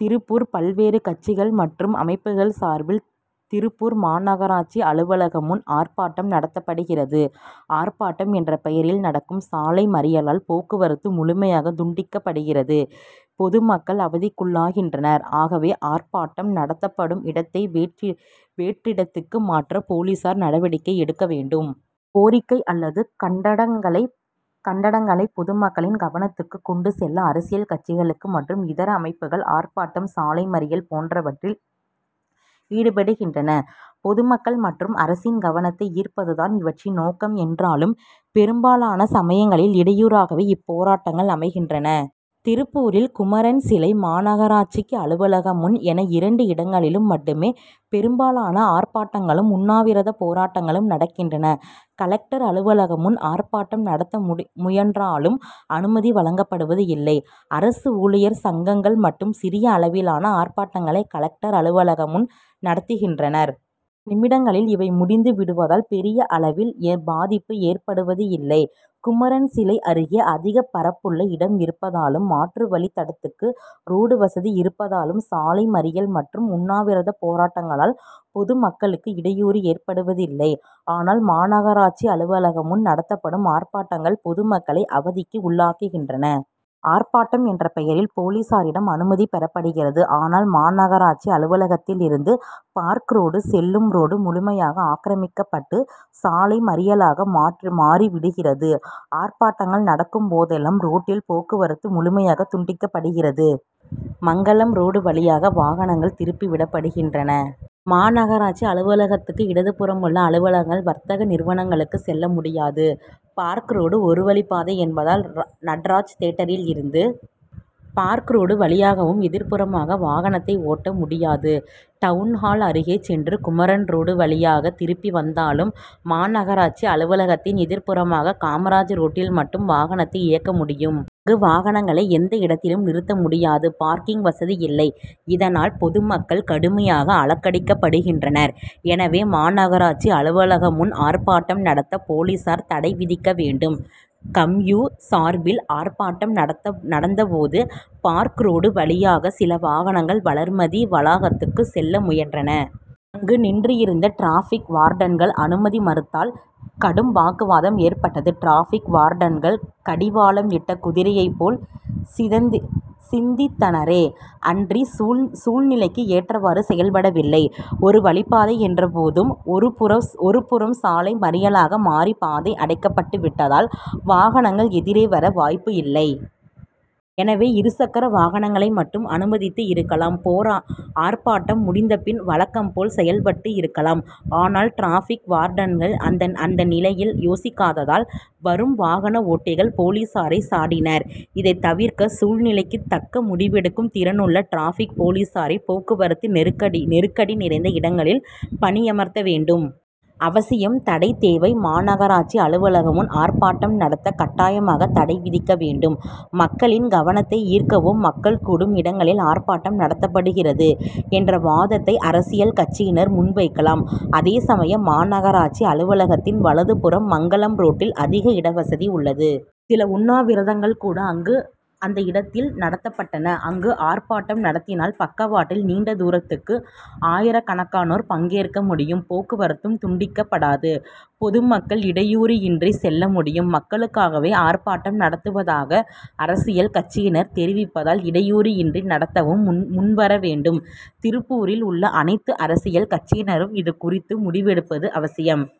திருப்பூர் பல்வேறு கட்சிகள் மற்றும் அமைப்புகள் சார்பில் திருப்பூர் மாநகராட்சி அலுவலகம் முன் ஆர்ப்பாட்டம் நடத்தப்படுகிறது. ஆர்ப்பாட்டம் என்ற பெயரில் நடக்கும் சாலை மறியலால் போக்குவரத்து முழுமையாக துண்டிக்கப்படுகிறது பொது மக்கள் அவதிக்குள்ளாகின்றனர். ஆகவே ஆர்ப்பாட்டம் நடத்தப் படும் இடத்தை வேற்ணறி வேற்றிடத்துக்கு மாற்ற போலீசார் நடவடிக்கை எடுக்க வேண்டும். கோரிக்கை அல்லது கண்டனங் களை கண்டனங்களை பொதுமக்களின் கவனத்துக்கு கொண்டு செல்ல அரசியல் கட்சிகள் மற்றும் இதர அமைப்புகள் ஆர்ப் பாட்டம் சாலை மறியல் போன்ற வற்றில் ஈடுபடுகின்றன. பொதுமக்கள் மற்றும் அரசின் கவனத்தை ஈர்ப்பது தான் இவற்றின் நோக்கம் என்றாலும் பெரும்பாலான சமயங்களில் இடையூறாகவே இப்போராட்டங்கள் அமைகின்றன. திருப்பூரில் குமரன் சிலை மாநகராட்சிக்கு அலுவலகம் முன் என இரண்டு இடங்களில் மட்டுமே பெரும்பாலான ஆர்ப்பாட்டங்களும் உண்ணாவிரத போராட்டங்களும் நடக்கின்றன. கலெக்டர் அலுவலகம் முன் ஆர்ப்பாட்டம் நடத்த முயன்றாலும் அனுமதி வழங்கப்படுவது இல்லை. அரசு ஊழியர் சங்கங்கள் மட்டும் சிறிய அளவிலான ஆர்ப்பாட்டங்களை கலெக்டர் அலுவலகம் முன் நடத்துகின்றனர். நிமிடங்களில் இவை முடிந்து விடுவதால் பெரிய அளவில் பாதிப்பு ஏற்படுவது இல்லை. குமரன் சிலை அருகே அதிக பரப்புள்ள இடம் இருப்பதாலும் மாற்று வழித்தடத்துக்கு ரோடு வசதி இருப்பதாலும் சாலை மறியல் மற்றும் உண்ணாவிரத போராட்டங் களால் பொது மக்களுக்கு இடையூறு ஏற்படுவதில்லை. ஆனால் மாநகராட்சி அலுவலகம் முன் நடத்தப்படும் ஆர்ப்பாட்டங்கள் பொதுமக்களை அவதிக்கு உள்ளாக்கு கின்றன. ஆர்ப்பாட்டம் என்ற பெயரில் போலீசாரிடம் அனுமதி பெறப்படுகிறது. ஆனால் மாநக ராட்சி அலுவலகத்தில் இருந்து பார்க் ரோடு செல்லும் ரோடு முழுமையாக ஆக்கிரமிக்கப்பட்டு சாலை மறியலாக மாறி விடுகிறது. ஆர்ப் பாட்டங்கள் நடக்கும் போதெல்லாம் ரோட்டில் போக்குவரத்து முழுமை யாக துண்டிக்கப்படுகிறது. மங்கலம் ரோடு வழியாக வாகனங்கள் திருப்பி விடப்படுகின்றன. மாநகராட்சி அலுவலகத்துக்கு இடதுபுறமுள்ள அலுவலகங்கள் வர்த்தக நிறுவனங்களுக்குச் செல்ல முடியாது. பார்க் ரோடு ஒரு வழிப்பாதை என்பதால் நட்ராஜ் தியேட்டரில் இருந்து பார்க் ரோடு வழியாகவும் எதிர்ப்புறமாக வாகனத்தை ஓட்ட முடியாது. டவுன்ஹால் அருகே சென்று குமரன் ரோடு வழியாக திரும்பி வந் தாலும் மாநகராட்சி அலுவலகத்தின் எதிர்ப்புறமாக காமராஜ் ரோட்டில் மட்டும் வாகனத்தை இயக்க முடி யும். ங்கு வாகனங்களை எந்த இடத் திலும் நிறுத்த முடியாது பார்க்கிங் வசதி இல்லை. இதனால் பொதுமக் கள் கடுமையாக அலைக்கழிக்கப்படு கின்றனர். எனவே மாநகராட்சி அலுவல கம் முன் ஆர்ப்பாட்டம் நடத்த போலீசார் தடை விதிக்க வேண்டும். கம்யூ. சார்பில் ஆர்ப்பாட்டம் நடத்த நடந்த போது பார்க் ரோடு வழியாக சில வாகனங் கள் வளர்மதி வளாகத்துக்கு செல்ல முயன்றன. அங்கு நின்றிருந்த டிராபிக் வார்டன்கள் அனுமதி மறுத்தால் கடும் வாக்குவாதம் ஏற்பட்டது. டிராபிக் வார்டன்கள் கடிவாளம் இட்ட குதிரையைப் போல் சிந்தித்தனரே அன்றி சூழ் நிலைக்கு ஏற்றவாறு செயல்படவில்லை. ஒரு வழிப்பாதை என்ற போதும் ஒரு புறம் சாலை மறியலாக மாறி பாதை அடைக்கப்பட்டு விட்டதால் வாகனங்கள் எதிரே வர வாய்ப்பு இல்லை. எனவே இரு சக்கர வாகனங்களை மட்டும் அனுமதித்து இருக்கலாம். போரா ஆர்ப்பாட்டம் முடிந்த பின் வழக்கம் போல் செயல்பட்டு இருக்கலாம். ஆனால் டிராபிக் வார்டன்கள் அந்த நிலையில் யோசிக்காததால் வரும் வாகன ஓட்டிகள் போலீசாரை சாடி னர். இதைத்தவிர்க்க சூழ்நிலைக்கு தக்க முடிவெடுக்கும் திறனுள்ள டிராபிக் போலீசாரை போக்குவரத்து நெருக்கடி நிறைந்த இடங்களில் பணியமர்த்த வேண்டும். அவசியம் தடை தேவை மாநக ராட்சி அலுவலம் முன் ஆர்ப்பாட்டம் நடத்த கட்டாயமாக தடை விதிக்க வேண்டும். மக்களின் கவனத்தை ஈர்க்கவே மக்கள் கூடும் இடங்களில் ஆர்ப்பாட்டம் நடத்தப்படுகிறது என்ற வாதத்தை அரசியல் கட்சியினர் முன்வைக்கலாம். அதேசமயம் மாநகராட்சி அலுவல கத்தின் வலதுபுறம் மங்கலம் ரோட் டில் அதிக இடவசதி உள்ளது. சில உண்ணாவிரதங்கள் கூட அந்த இடத்தில் நடத்தப்பட்டன. அங்கு ஆர்ப்பாட்டம் நடத்தினால் பக்க வாட்டில் நீண்ட தூரத்துக்கு ஆயிரக்கணக்கானோர் பங்கேற்க முடியும் போக்குவரத்தும் துண்டிக்கப் படாது. பொதுமக்கள் இடையூறு இன்றி செல்ல முடியும். மக்களுக்காகவே ஆர்ப்பாட்டம் நடத்துவதாக அரசியல் கட்சியினர் தெரிவிப்பதால் இடையூறு இன்றி நடத்தவும் முன்வர வேண்டும். திருப்பூரில் உள்ள அனைத்து அரசியல் கட்சியினரும் இதுகுறித்து முடிவெடுப்பது அவசியம்.